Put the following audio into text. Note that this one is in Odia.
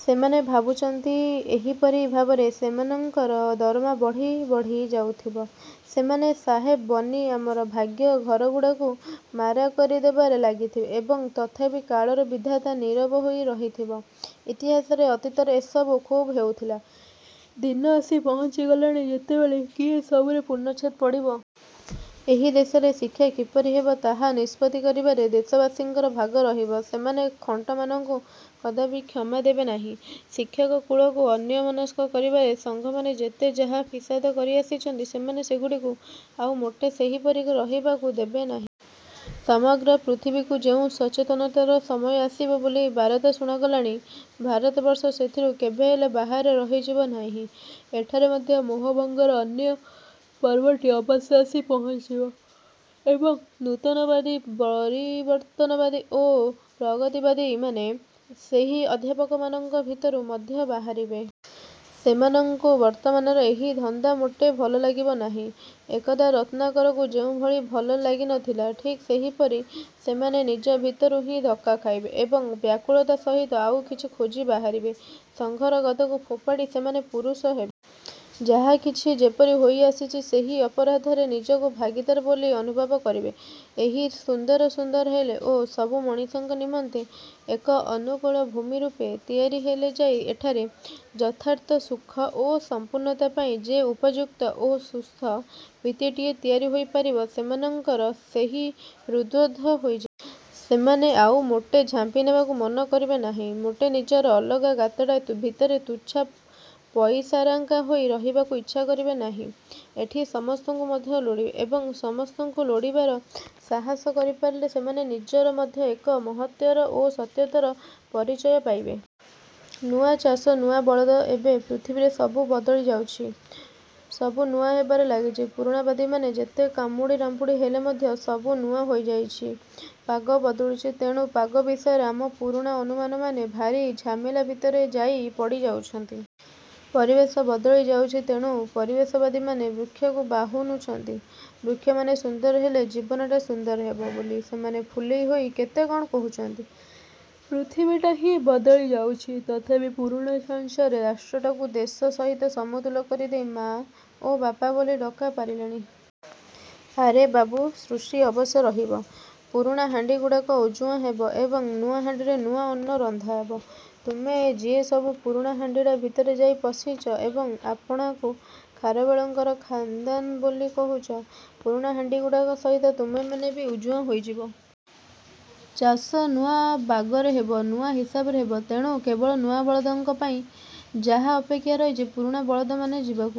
ସେମାନେ ଭାବୁଛନ୍ତି, ଏହିପରି ଭାବରେ ସେମାନଙ୍କର ଦରମା ବଢ଼ି ବଢ଼ି ଯାଉଥିବ, ସେମାନେ ସାହେବ ବନି ଆମର ଭାଗ୍ୟ-ଘରଗୁଡ଼ାକୁ ମାରା କରି ଦେବାରେ ଲାଗିଥିବେ ଏବଂ ତଥାପି କାଳର ବିଧାତା ନୀରବ ହୋଇ ରହିଥିବ। ଇତିହାସରେ ଅତୀତରେ ଏସବୁ ଖୁବ୍ ହେଉଥିଲା; ଦିନ ଆସି ପହଞ୍ଚି ଗଲାଣି ଯେତେବେଳେ କି ଏ ସବୁରେ ପୂର୍ଣ୍ଣଚ୍ଛେଦ ପଡ଼ିବ। ଏହି ଦେଶରେ ଶିକ୍ଷା କିପରି ହେବ, ତାହା। ନିଷ୍ପତ୍ତି କରିବାରେ ଦେଶବାସୀଙ୍କର ଭାଗ ରହିବ। ସେମାନେ ଖଣ୍ଟମାନଙ୍କୁ କଦାପି କ୍ଷମା ଦେବେ ନାହିଁ। ଶିକ୍ଷକକୁଳକୁ ଅନ୍ୟମନସ୍କ କରିବାରେ ସଂଘମାନେ ଯେତେ ଯାହା ଫିସାଦ କରି ଆସିଛନ୍ତି, ସେମାନେ ସେଗୁଡ଼ିକୁ ଆଉ ମୋଟେ ସେହିପରି ରହିବାକୁ ଦେବେ ନାହିଁ। ସମଗ୍ର ପୃଥିବୀକୁ ଯେଉଁ ସଚେତନତାର ସମୟ ଆସିବ ବୋଲି ବାରତା ଶୁଣାଗଲାଣି, ଭାରତବର୍ଷ ସେଥିରୁ କେବେହେଲେ ବାହାରେ ରହିଯିବ ନାହିଁ। ଏଠାରେ ମଧ୍ୟ ମୋହଭଙ୍ଗର ଅନ୍ୟ ପର୍ବଟି ଅବଶ୍ୟ ଆସି ପହଞ୍ଚିଯିବ। ଏବଂ, ନୂତନବାଦୀ, ପରିବର୍ତ୍ତନବାଦୀ ଓ ପ୍ରତିବାଦୀମାନେ ସେହି ଅଧ୍ୟାପକମାନଙ୍କ ଭିତରୁ ମଧ୍ୟ ବାହାରିବେ। ସେମାନଙ୍କୁ ବର୍ତ୍ତମାନର ଏହି ଧନ୍ଦା ମୋଟେ ଭଲ ଲାଗିବ ନାହିଁ। ଏକଦା ରତ୍ନାକରକୁ ଯେଉଁଭଳି ଭଲ ଲାଗି ନଥିଲା, ଠିକ୍ ସେହିପରି। ସେମାନେ ନିଜ ଭିତରୁ ହିଁ ଧକ୍କା ଖାଇବେ ଏବଂ ବ୍ୟାକୁଳତା ସହିତ ଆଉ କିଛି ଖୋଜି ବାହାରିବେ। ସଂଘର ଗଦକୁ ଫୋପାଡ଼ି ସେମାନେ ପୁରୁଷ ହେବେ। ଯାହାକିଛି ଯେପରି ହୋଇ ଆସିଛି, ସେହି ଅପରାଧରେ ନିଜକୁ ଭାଗୀଦାର ବୋଲି ଅନୁଭବ କରିବେ। ଏହି ଦେଶ ସୁନ୍ଦର ହେଲେ ଓ ସବୁ ମଣିଷଙ୍କ ନିମନ୍ତେ ଏକ ଅନୁକୂଳ ଭୂମି ରୂପେ ତିଆରି ହେଲେ ଯାଇ ଏଠାରେ ଯଥାର୍ଥ ସୁଖ ଓ ସଂପୂର୍ଣ୍ଣତା ପାଇଁ ଯେ ଉପଯୁକ୍ତ ଓ ସୁସ୍ଥ ଭିତ୍ତିଟିଏ ତିଆରି ହୋଇ ପାରିବ, ସେମାନଙ୍କର ସେହି ହୃଦ୍ବୋଧ ହୋଇଯିବ। ସେମାନେ ଆଉ ମୋଟେ ଝାମ୍ପି ନେବାକୁ ମନ କରିବେ ନାହିଁ। ମୋଟେ ନିଜର ଅଲଗା ଗାତଟା ଭିତରେ ତୁଚ୍ଛା ପଇସାରଙ୍କା ହୋଇ ରହିବାକୁ ଇଚ୍ଛା କରିବେ ନାହିଁ। ଏଠି ସମସ୍ତଙ୍କୁ ମଧ୍ୟ ଲୋଡ଼ିବେ-। ଏବଂ, ସମସ୍ତଙ୍କୁ ଲୋଡ଼ିବାର ସାହସ କରିପାରିଲେ ସେମାନେ ନିଜର ମଧ୍ୟ ଏକ ମହତ୍ତର ଓ ସତ୍ୟତର ପରିଚୟ ପାଇବେ। ନୂଆ ଚାଷ ନୂଆ ବଳଦ ଏବେ ପୃଥିବୀରେ ସବୁ ବଦଳି ଯାଉଛି। ସବୁ ନୂଆ ହେବାରେ ଲାଗିଛି। ପୁରୁଣାବାଦୀମାନେ ଯେତେ କାମୁଡ଼ି ରାମ୍ପୁଡ଼ି ହେଲେ ମଧ୍ୟ ସବୁ ନୂଆ ହୋଇଯାଉଛି। ପାଗ ବଦଳୁଛି, ତେଣୁ ପାଗ ବିଷୟରେ ଆମ ପୁରୁଣା ଅନୁମାନମାନେ ଭାରି ଝାମେଲା ଭିତରେ ଯାଇ ପଡ଼ିଯାଉଛନ୍ତି। ପରିବେଶ ବଦଳି ଯାଉଛି, ତେଣୁ ପରିବେଶବାଦୀମାନେ ବୃକ୍ଷକୁ ବାହୁନୁଛନ୍ତି, ବୃକ୍ଷମାନେ ସୁନ୍ଦର ହେଲେ ଜୀବନଟା ସୁନ୍ଦର ହେବ ବୋଲି ସେମାନେ ଫୁଲେଇ ହୋଇ କେତେ କ'ଣ କହୁଛନ୍ତି। ପୃଥିବୀଟା ହିଁ ବଦଳି ଯାଉଛି। ତଥାପି ପୁରୁଣା ଛାଞ୍ଚରେ ରାଷ୍ଟ୍ରଟାକୁ ଦେଶ ସହିତ ସମତୁଲ କରିଦେଇ ମାଆ ଓ ବାପା ବୋଲି ଡ଼କା ପାରିଲେଣି। ଆରେ ବାବୁ, ସୃଷ୍ଟି ଅବଶ୍ୟ ରହିବ-। ପୁରୁଣା ହାଣ୍ଡିଗୁଡ଼ାକ ଉଜୁଆଁ ହେବ ଏବଂ ନୂଆ ହାଣ୍ଡିରେ ନୂଆ ଅନ୍ନ ରନ୍ଧାହେବ। ତୁମେ ଯିଏସବୁ ପୁରୁଣା ହାଣ୍ଡିଟା ଭିତରେ ଯାଇ ପଶିଛ ଏବଂ ଆପଣାକୁ ଖାରବେଳଙ୍କର ଖାନ୍ଦାନ ବୋଲି କହୁଛ, ପୁରୁଣା ହାଣ୍ଡିଗୁଡ଼ିକ ସହିତ ତୁମେମାନେ ବି ଉଜୁଆଁ ହୋଇଯିବ। ଚାଷ ନୂଆ ବାଗରେ ହେବ, ନୂଆ ହିସାବରେ ହେବ। ତେଣୁ, କେବଳ ନୂଆ ବଳଦଙ୍କ ପାଇଁ ଯାହା ଅପେକ୍ଷା ରହିଛି। ପୁରୁଣା ବଳଦମାନେ ଯିବାକୁ